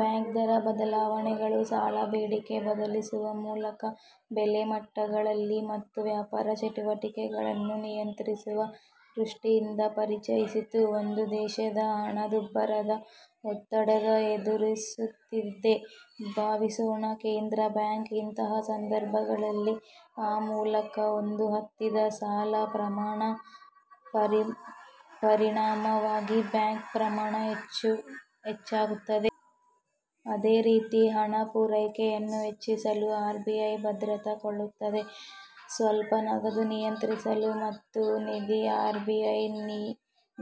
Bank ದರ ಬದಲಾವಣೆಗಳು ಸಾಲ ಬೇಡಿಕೆ ಬದಲಿಸುವ ಮೂಲಕ, ಬೆಲೆ ಮಟ್ಟಗಳಲ್ಲಿ ಮತ್ತು ವ್ಯಾಪಾರ ಚಟುವಟಿಕೆಗಳನ್ನು ನಿಯಂತ್ರಿಸುವ ದೃಷ್ಟಿಯಿಂದ ಪರಿಚಯಿಸಿತು. ಒಂದು ದೇಶದ ಹಣದುಬ್ಬರದ ಒತ್ತಡದ ಎದುರಿಸುತ್ತಿದೆ ಭಾವಿಸೋಣ. ಕೇಂದ್ರ ಬ್ಯಾಂಕ್, ಇಂತಹ ಸಂದರ್ಭಗಳಲ್ಲಿ ಆ ಮೂಲಕ ಒಂದು ಹತ್ತಿದ ಸಾಲ ಪ್ರಮಾಣ ಪರಿಣಾಮವಾಗಿ ಬ್ಯಾಂಕ್ ಪ್ರಮಾಣ ಹೆಚ್ಚಾಗುತ್ತದೆ. ಅದೇ ರೀತಿ, ಹಣ ಪೂರೈಕೆಯನ್ನು ಹೆಚ್ಚಿಸಲು ಆರ್ ಬಿ ಐ ಭದ್ರತಾ ಕೊಳ್ಳುತ್ತವೆ. ಸ್ವಲ್ಪ ನಗದು ನಿಯಂತ್ರಿಸಲು ಮತ್ತು ನಿಧಿ ಆರ್ ಬಿ ಐ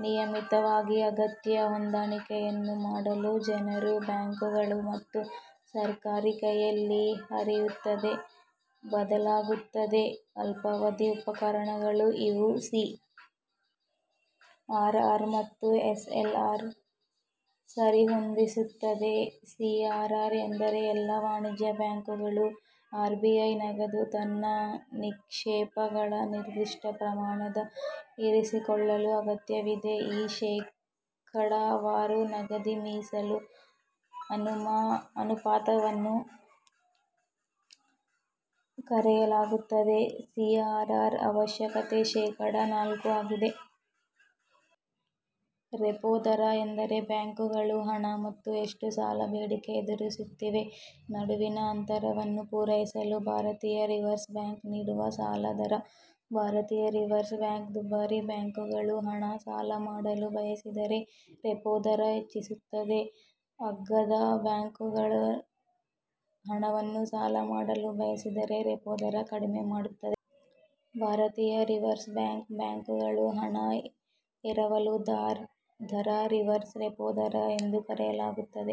ನಿಯಮಿತವಾಗಿ ಅಗತ್ಯ ಹೊಂದಾಣಿಕೆಗಳನ್ನು ಮಾಡಲು ಜನರು, ಬ್ಯಾಂಕುಗಳು ಮತ್ತು ಸರ್ಕಾರಿ ಕೈಯಲ್ಲಿ ಹರಿಯುತ್ತದೆ ಬಳಸಲಾಗುತ್ತದೆ ಅಲ್ಪಾವಧಿ ಉಪಕರಣಗಳು ಇವು ಸಿ. ಆರ್. ಆರ್ ಮತ್ತು ಎಸ್ ಎಲ್ ಆರ್ ಸರಿಹೊಂದಿಸಿತ್ತದೆ. ಸಿ. ಆರ್. ಆರ್ ಎಂದರೆ ಎಲ್ಲಾ ವಾಣಿಜ್ಯ ಬ್ಯಾಂಕುಗಳು ಆರ್ ಬಿ ಐ ನಗದು ತನ್ನ ನಿಕ್ಷೇಪಗಳ ನಿರ್ದಿಷ್ಟ ಪ್ರಮಾಣದ ಇರಿಸಿಕೊಳ್ಳಲು ಅಗತ್ಯವಿದೆ. ಈ ಶೇಕಡಾವಾರು ನಗದು ಮೀಸಲು ಅನುಪಾತವನ್ನು ಕರೆಯಲಾಗುತ್ತದೆ. ಸಿ. ಆರ್. ಆರ್ ಅವಶ್ಯಕತೆ ಶೇಕಡಾ ನಾಲ್ಕು ಆಗಿದೆ. ರೆಪೋ ದರ ಎಂದರೆ ಬ್ಯಾಂಕುಗಳು ಹಣ ಮತ್ತು ಎಷ್ಟು ಸಾಲ ಬೇಡಿಕೆ ಎದುರಿಸುತ್ತಿವೆ ನಡುವಿನ ಅಂತರವನ್ನು ಪೂರೈಸಲು ಭಾರತೀಯ ರಿಸರ್ವ್ ಬ್ಯಾಂಕ್ ನೀಡುವ ಸಾಲ ದರ. ಭಾರತೀಯ ರಿಸರ್ವ್ ಬ್ಯಾಂಕ್ ದುಬಾರಿ ಬ್ಯಾಂಕುಗಳು ಹಣ ಸಾಲ ಮಾಡಲು ಬಯಸಿದರೆ, ರೆಪೋ ದರ ಹೆಚ್ಚಿಸುತ್ತದೆ. ಅಗ್ಗದ ಬ್ಯಾಂಕುಗಳು ಹಣವನ್ನು ಸಾಲ ಮಾಡಲು ಬಯಸಿದರೆ ರೆಪೋ ದರ ಕಡಿಮೆ ಮಾಡುತ್ತದೆ. ಭಾರತೀಯ ರಿಸರ್ವ್ ಬ್ಯಾಂಕ್ ಬ್ಯಾಂಕುಗಳು ಹಣ ಎರವಲು ದರ ರಿವರ್ಸ್ ರೆಪೋ ದರ ಎಂದು ಕರೆಯಲಾಗುತ್ತದೆ.